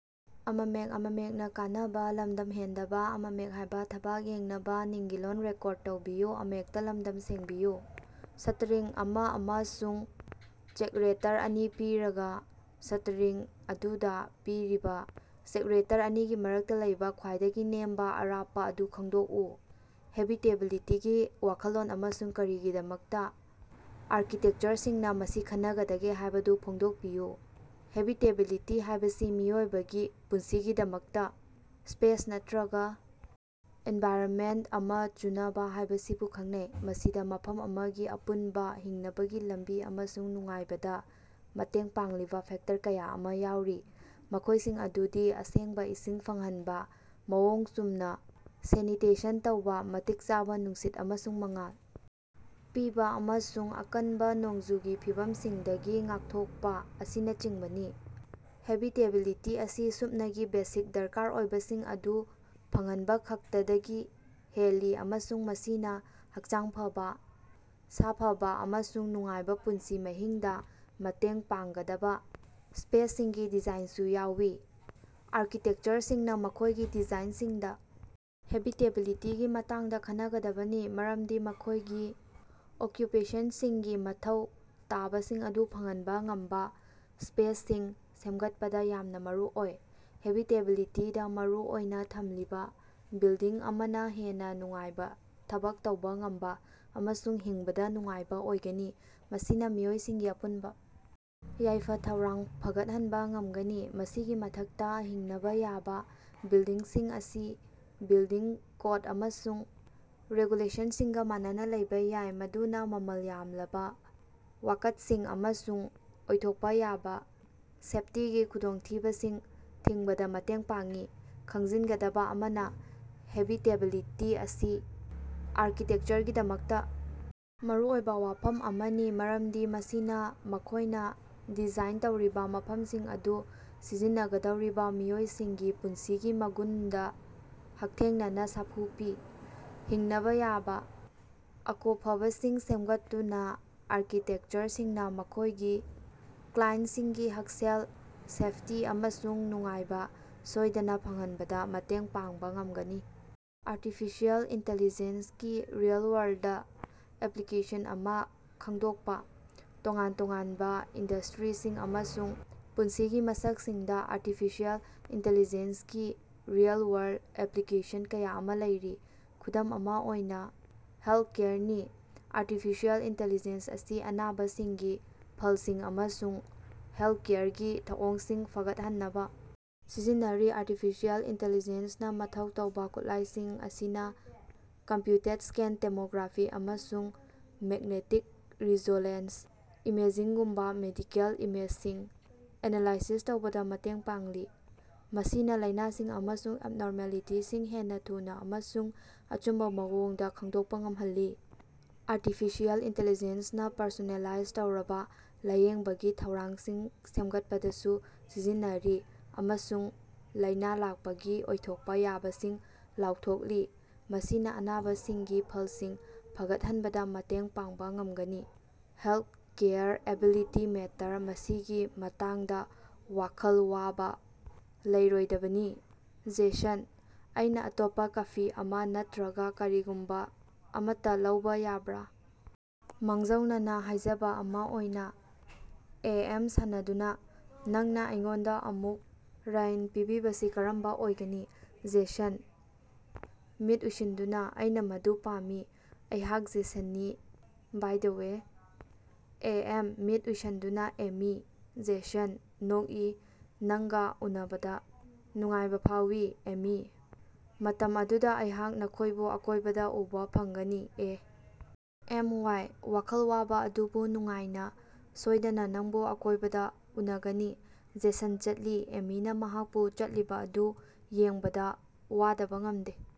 String ꯑꯃ ꯑꯃꯁꯨꯡ character ꯑꯅꯤ ꯄꯤꯔꯒ, ꯁꯇꯔꯤꯡ ꯑꯗꯨꯗ ꯄꯤꯔꯤꯕ ꯆꯦꯛꯔꯦꯇꯔ ꯑꯅꯤꯒꯤ ꯃꯔꯛꯇ ꯂꯩꯕ ꯈ꯭ꯋꯥꯏꯗꯒꯤ ꯅꯦꯝꯕ ꯑꯔꯥꯞꯄ ꯑꯗꯨ ꯈꯪꯗꯣꯛꯎ꯫ "ꯍꯦꯕꯤꯇꯦꯕꯤꯂꯤꯇꯤ"ꯒꯤ ꯋꯥꯈꯜꯂꯣꯟ ꯑꯃꯁꯨꯡ ꯀꯔꯤꯒꯤꯗꯃꯛꯇ ꯑꯥꯔꯀꯤꯇꯦꯛꯆꯔꯁꯤꯡꯅ ꯃꯁꯤ ꯈꯟꯅꯒꯗꯒꯦ ꯍꯥꯏꯕꯗꯨ ꯐꯣꯡꯗꯣꯛꯄꯤꯌꯨ꯫ ꯍꯦꯕꯤꯇꯦꯕꯤꯂꯤꯇꯤ ꯍꯥꯏꯕꯁꯤ ꯃꯤꯑꯣꯏꯕꯒꯤ ꯄꯨꯟꯁꯤꯒꯤꯗꯃꯛꯇ ꯁ꯭ꯄꯦꯁ ꯅꯠꯇ꯭ꯔꯒ ꯑꯦꯟꯚꯥꯏꯔꯟꯃꯦꯟꯇ ꯑꯃ ꯆꯨꯅꯕ ꯍꯥꯏꯕꯁꯤꯕꯨ ꯈꯪꯅꯩ꯫ ꯃꯁꯤꯗ ꯃꯐꯝ ꯑꯃꯒꯤ ꯑꯄꯨꯟꯕ ꯍꯤꯡꯅꯕꯒꯤ ꯂꯝꯕꯤ ꯑꯃꯁꯨꯡ ꯅꯨꯡꯉꯥꯏꯕꯗ ꯃꯇꯦꯡ ꯄꯥꯡꯂꯤꯕ ꯐꯦꯛꯇꯔ ꯀꯌꯥ ꯑꯃ ꯌꯥꯎꯔꯤ, ꯃꯈꯣꯏꯁꯤꯡ ꯑꯗꯨꯗꯤ ꯑꯁꯦꯡꯕ ꯏꯁꯤꯡ ꯐꯪꯍꯟꯕ, ꯃꯑꯣꯡ ꯆꯨꯝꯅ ꯁꯦꯅꯤꯇꯦꯁꯟ ꯇꯧꯕ, ꯃꯇꯤꯛ ꯆꯥꯕ ꯅꯨꯡꯁꯤꯠ ꯑꯃꯁꯨꯡ ꯃꯉꯥꯜ ꯄꯤꯕ, ꯑꯃꯁꯨꯡ ꯑꯀꯟꯕ ꯅꯣꯡꯖꯨꯒꯤ ꯐꯤꯕꯝꯁꯤꯡꯗꯒꯤ ꯉꯥꯛꯊꯣꯛꯄ ꯑꯁꯤꯅꯆꯤꯡꯕꯅꯤ꯫ ꯍꯦꯕꯤꯇꯦꯕꯤꯂꯤꯇꯤ ꯑꯁꯤ ꯁꯨꯞꯅꯒꯤ ꯕꯦꯁꯤꯛ ꯗꯔꯀꯥꯔ ꯑꯣꯏꯕꯁꯤꯡ ꯑꯗꯨ ꯐꯪꯍꯟꯕꯈꯛꯇꯗꯒꯤ ꯍꯦꯜꯂꯤ ꯑꯃꯁꯨꯡ ꯃꯁꯤꯅ ꯍꯛꯆꯥꯡ ꯐꯕ, ꯁꯥꯐꯕ ꯑꯃꯁꯨꯡ ꯅꯨꯡꯉꯥꯏꯕ ꯄꯨꯟꯁꯤ ꯃꯍꯤꯡꯗ ꯃꯇꯦꯡ ꯄꯥꯡꯒꯗꯕ ꯁ꯭ꯄꯦꯁꯁꯤꯡꯒꯤ ꯗꯤꯖꯥꯏꯟꯁꯨ ꯌꯥꯎꯏ꯫ ꯑꯥꯔꯀꯤꯇꯦꯛꯆꯔꯁꯤꯡꯅ ꯃꯈꯣꯏꯒꯤ ꯗꯤꯖꯥꯏꯟꯁꯤꯡꯗ ꯍꯦꯕꯤꯇꯦꯕꯤꯂꯤꯇꯤꯒꯤ ꯃꯇꯥꯡꯗ ꯈꯟꯅꯒꯗꯕꯅꯤ ꯃꯔꯝꯗꯤ ꯃꯈꯣꯏꯒꯤ ꯑꯣꯀ꯭ꯌꯨꯄꯦꯁꯟꯇꯁꯤꯡꯒꯤ ꯃꯊꯧ ꯇꯥꯕꯁꯤꯡ ꯑꯗꯨ ꯐꯪꯍꯟꯕ ꯉꯝꯕ ꯁ꯭ꯄꯦꯁꯁꯤꯡ ꯁꯦꯝꯒꯠꯄꯗ ꯌꯥꯝꯅ ꯃꯔꯨꯑꯣꯏ꯫ ꯍꯦꯕꯤꯇꯦꯕꯤꯂꯤꯇꯤꯗ ꯃꯔꯨ ꯑꯣꯏꯅ ꯊꯝꯂꯤꯕ ꯕꯤꯜꯗꯤꯡ ꯑꯃꯅ ꯍꯦꯟꯅ ꯅꯨꯡꯉꯥꯏꯕ, ꯊꯕꯛ ꯇꯧꯕ ꯉꯝꯕ ꯑꯃꯁꯨꯡ ꯍꯤꯡꯕꯗ ꯅꯨꯡꯉꯥꯏꯕ ꯑꯣꯏꯒꯅꯤ, ꯃꯁꯤꯅ ꯃꯤꯑꯣꯏꯁꯤꯡꯒꯤ ꯑꯄꯨꯟꯕ ꯌꯥꯏꯐ-ꯊꯧꯔꯥꯡ ꯐꯒꯠꯍꯟꯕ ꯉꯝꯒꯅꯤ꯫ ꯃꯁꯤꯒꯤ ꯃꯊꯛꯇ ꯍꯤꯡꯅꯕ ꯌꯥꯕ ꯕꯤꯜꯗꯤꯡꯁꯤꯡ ꯑꯁꯤ ꯕꯤꯜꯗꯤꯡ ꯀꯣꯗ ꯑꯃꯁꯨꯡ ꯔꯦꯒꯨꯂꯦꯁꯟꯁꯤꯡꯒ ꯃꯥꯟꯅꯅ ꯂꯩꯕ ꯌꯥꯏ, ꯃꯗꯨꯅ ꯃꯃꯜ ꯌꯥꯝꯂꯕ ꯋꯥꯀꯠꯁꯤꯡ ꯑꯃꯁꯨꯡ ꯑꯣꯏꯊꯣꯛꯄ ꯌꯥꯕ ꯁꯦꯐꯇꯤꯒꯤ ꯈꯨꯗꯣꯡꯊꯤꯕꯁꯤꯡ ꯊꯤꯡꯕꯗ ꯃꯇꯦꯡ ꯄꯥꯡꯏ꯫ ꯈꯪꯖꯤꯟꯒꯗꯕ ꯑꯃꯅ, ꯍꯦꯕꯤꯇꯦꯕꯤꯂꯤꯇꯤ ꯑꯁꯤ ꯑꯥꯔꯀꯤꯇꯦꯛꯆꯔꯒꯤꯗꯃꯛꯇ ꯃꯔꯨꯑꯣꯏꯕ ꯋꯥꯐꯝ ꯑꯃꯅꯤ ꯃꯔꯝꯗꯤ ꯃꯁꯤꯅ ꯃꯈꯣꯏꯅ ꯗꯤꯖꯥꯏꯟ ꯇꯧꯔꯤꯕ ꯃꯐꯝꯁꯤꯡ ꯑꯗꯨ ꯁꯤꯖꯤꯟꯅꯒꯗꯧꯔꯤꯕ ꯃꯤꯑꯣꯏꯁꯤꯡꯒꯤ ꯄꯨꯟꯁꯤꯒꯤ ꯃꯒꯨꯟꯗ ꯍꯛꯊꯦꯡꯅꯅ ꯁꯥꯐꯨ ꯄꯤ꯫ ꯍꯤꯡꯅꯕ ꯌꯥꯕ ꯑꯀꯣꯐꯕꯁꯤꯡ ꯁꯦꯝꯒꯠꯇꯨꯅ ꯑꯥꯔꯀꯤꯇꯦꯛꯆꯔꯁꯤꯡꯅ ꯃꯈꯣꯏꯒꯤ ꯀ꯭ꯂꯥꯏꯟꯇꯁꯤꯡꯒꯤ ꯍꯛꯁꯦꯜ, ꯁꯦꯐꯇꯤ ꯑꯃꯁꯨꯡ ꯅꯨꯡꯉꯥꯏꯕ ꯁꯣꯏꯗꯅ ꯐꯪꯍꯟꯕꯗ ꯃꯇꯦꯡ ꯄꯥꯡꯕ ꯉꯝꯒꯅꯤ꯫ ꯑꯥꯔꯇꯤꯐꯤꯁ꯭ꯌꯦꯜ ꯏꯟꯇꯦꯂꯤꯖꯦꯟꯁ ꯀꯤ ꯔꯤꯑꯦꯜ-ꯋꯥꯔꯜꯗ ꯑꯦꯄ꯭ꯂꯤꯀꯦꯁꯟ ꯑꯃ ꯈꯪꯗꯣꯛꯄ꯫ ꯇꯣꯉꯥꯟ-ꯇꯣꯉꯥꯟꯕ ꯏꯟꯗꯁꯇ꯭ꯔꯤꯁꯤꯡ ꯑꯃꯁꯨꯡ ꯄꯨꯟꯁꯤꯒꯤ ꯃꯁꯛꯁꯤꯡꯗ ꯑꯥꯔꯇꯤꯐꯤꯁ꯭ꯌꯦꯜ ꯏꯟꯇꯦꯂꯤꯖꯦꯟꯁ ꯒꯤ ꯔꯤꯑꯦꯜ-ꯋꯥꯔꯜꯗ ꯑꯦꯄ꯭ꯂꯤꯀꯦꯁꯟ ꯀꯌꯥ ꯑꯃ ꯂꯩꯔꯤ꯫ ꯈꯨꯗꯝ ꯑꯃ ꯑꯣꯏꯅ ꯍꯦꯜꯊꯀꯦꯌꯔꯅꯤ: ꯑꯥꯔꯇꯤꯐꯤꯁꯤꯑꯦꯜ ꯏꯟꯇꯤꯂꯤꯖꯦꯟꯁ ꯑꯁꯤ ꯑꯅꯥꯕꯁꯤꯡꯒꯤ ꯐꯜꯁꯤꯡ ꯑꯃꯁꯨꯡ ꯍꯦꯜꯊꯀꯦꯌꯔꯒꯤ ꯊꯧꯑꯣꯡꯁꯤꯡ ꯐꯒꯠꯍꯟꯅꯕ ꯁꯤꯖꯤꯟꯅꯔꯤ꯫ ꯑꯥꯔꯇꯤꯐꯤꯁ꯭ꯌꯦꯜ ꯏꯟꯇꯦꯂꯤꯖꯦꯟꯁꯅ ꯃꯊꯧ ꯇꯧꯕ ꯈꯨꯠꯂꯥꯏꯁꯤꯡ ꯑꯁꯤꯅ ꯀꯝꯄ꯭ꯌꯨꯇꯦꯗꯁ꯭ꯀꯦꯟ ꯇꯦꯃꯣꯒ꯭ꯔꯥꯐꯤ ꯑꯃꯁꯨꯡ ꯃꯦꯛꯅꯦꯇꯤꯛ ꯔꯤꯖꯣꯂꯦꯟꯁ ꯏꯃꯦꯖꯤꯡ ꯒꯨꯝꯕ ꯃꯦꯗꯤꯀꯦꯜ ꯏꯃꯦꯖꯁꯤꯡ ꯑꯦꯅꯂꯥꯏꯁꯤꯁ ꯇꯧꯕꯗ ꯃꯇꯦꯡ ꯄꯥꯡꯂꯤ, ꯃꯁꯤꯅ ꯂꯥꯏꯅꯥꯁꯤꯡ ꯑꯃꯁꯨꯡ ꯑꯦꯕꯅꯣꯔꯃꯦꯂꯤꯇꯤꯁꯤꯡ ꯍꯦꯟꯅ ꯊꯨꯅ ꯑꯃꯁꯨꯡ ꯑꯆꯨꯝꯕ ꯃꯑꯣꯡꯗ ꯈꯪꯗꯣꯛꯄ ꯉꯝꯍꯜꯂꯤ꯫ ꯑꯥꯔꯇꯤꯐꯤꯁ꯭ꯌꯦꯜ ꯏꯟꯇꯦꯂꯤꯖꯦꯟꯁꯅ ꯄꯔꯁꯣꯅꯦꯂꯥꯏꯖ ꯇꯧꯔꯕ ꯂꯥꯌꯦꯡꯕꯒꯤ ꯊꯧꯔꯥꯡꯁꯤꯡ ꯁꯦꯝꯒꯠꯄꯗꯁꯨ ꯁꯤꯖꯤꯟꯅꯔꯤ ꯑꯃꯁꯨꯡ ꯂꯥꯏꯅꯥ ꯂꯥꯛꯄꯒꯤ ꯑꯣꯏꯊꯣꯛꯄ ꯌꯥꯕꯁꯤꯡ ꯂꯥꯎꯊꯣꯛꯂꯤ, ꯃꯁꯤꯅ ꯑꯅꯥꯕꯁꯤꯡꯒꯤ ꯐꯜꯁꯤꯡ ꯐꯒꯠꯍꯟꯕꯗ ꯃꯇꯦꯡ ꯄꯥꯡꯕ ꯉꯝꯒꯅꯤ꯫ ꯍꯦꯜꯊꯀꯦꯌꯔ ꯑꯦꯕꯤꯂꯤꯇꯤ ꯃꯦꯇꯔ ꯃꯁꯤꯒꯤ ꯃꯇꯥꯡꯗ ꯋꯥꯈꯜ ꯋꯥꯕ ꯂꯩꯔꯣꯏꯗꯕꯅꯤ꯫ ꯖꯦꯁꯟ: ꯑꯩꯅ ꯑꯇꯣꯞꯄ ꯀꯐꯤ ꯑꯃ ꯅꯠꯇ꯭ꯔꯒ ꯀꯔꯤꯒꯨꯝꯕ ꯑꯃꯠꯇ ꯂꯧꯕ ꯌꯥꯕ꯭ꯔ? ꯃꯥꯡꯖꯧꯅꯅ ꯍꯥꯏꯖꯕ ꯑꯃ ꯑꯣꯏꯅ? ꯑꯦ. ꯑꯦꯝ.: (ꯁꯥꯟꯅꯗꯨꯅꯥ) ꯅꯪꯅ ꯑꯩꯉꯣꯟꯗ ꯑꯃꯨꯛ ꯔ꯭ꯥꯏꯟ ꯄꯤꯕꯤꯕꯁꯤ ꯀꯔꯝꯅ ꯑꯣꯏꯒꯅꯤ? ꯖꯦꯁꯟ: (ꯃꯤꯠ ꯎꯏꯁꯤꯟꯗꯨꯅ) ꯑꯩꯅ ꯃꯗꯨ ꯄꯥꯝꯃꯤ꯫ ꯑꯩꯍꯥꯛ ꯖꯦꯁꯟꯅꯤ by the way. A. M.: (ꯃꯤꯠ ꯎꯏꯁꯤꯟꯗꯨꯅ) ꯑꯦꯃꯤ꯫ ꯖꯦꯁꯟ: (ꯅꯣꯛꯏ) ꯅꯪꯒ ꯎꯅꯕꯗ ꯅꯨꯡꯉꯥꯏꯕ ꯐꯥꯎꯏ, ꯑꯦꯃꯤ ꯃꯇꯝ ꯑꯗꯨꯗ ꯑꯩꯍꯥꯛ ꯅꯈꯣꯏꯕꯨ ꯑꯀꯣꯏꯕꯗ ꯎꯕ ꯐꯪꯒꯅꯤ꯫ ꯑꯦ. ꯑꯦꯝ. ꯋꯥꯏ.: (ꯋꯥꯈꯜ ꯋꯥꯕ ꯑꯗꯨꯕꯨ ꯅꯨꯡꯉꯥꯏꯅ) ꯁꯣꯏꯗꯅ, ꯅꯪꯕꯨ ꯑꯀꯣꯏꯕꯗ ꯎꯅꯒꯅꯤ꯫ ꯖꯦꯁꯟ ꯆꯠꯂꯤ, ꯑꯦꯃꯤꯅ ꯃꯍꯥꯛꯄꯨ ꯆꯠꯂꯤꯕ ꯑꯗꯨ ꯌꯦꯡꯕꯗ ꯋꯥꯗꯕ ꯉꯝꯗꯦ꯫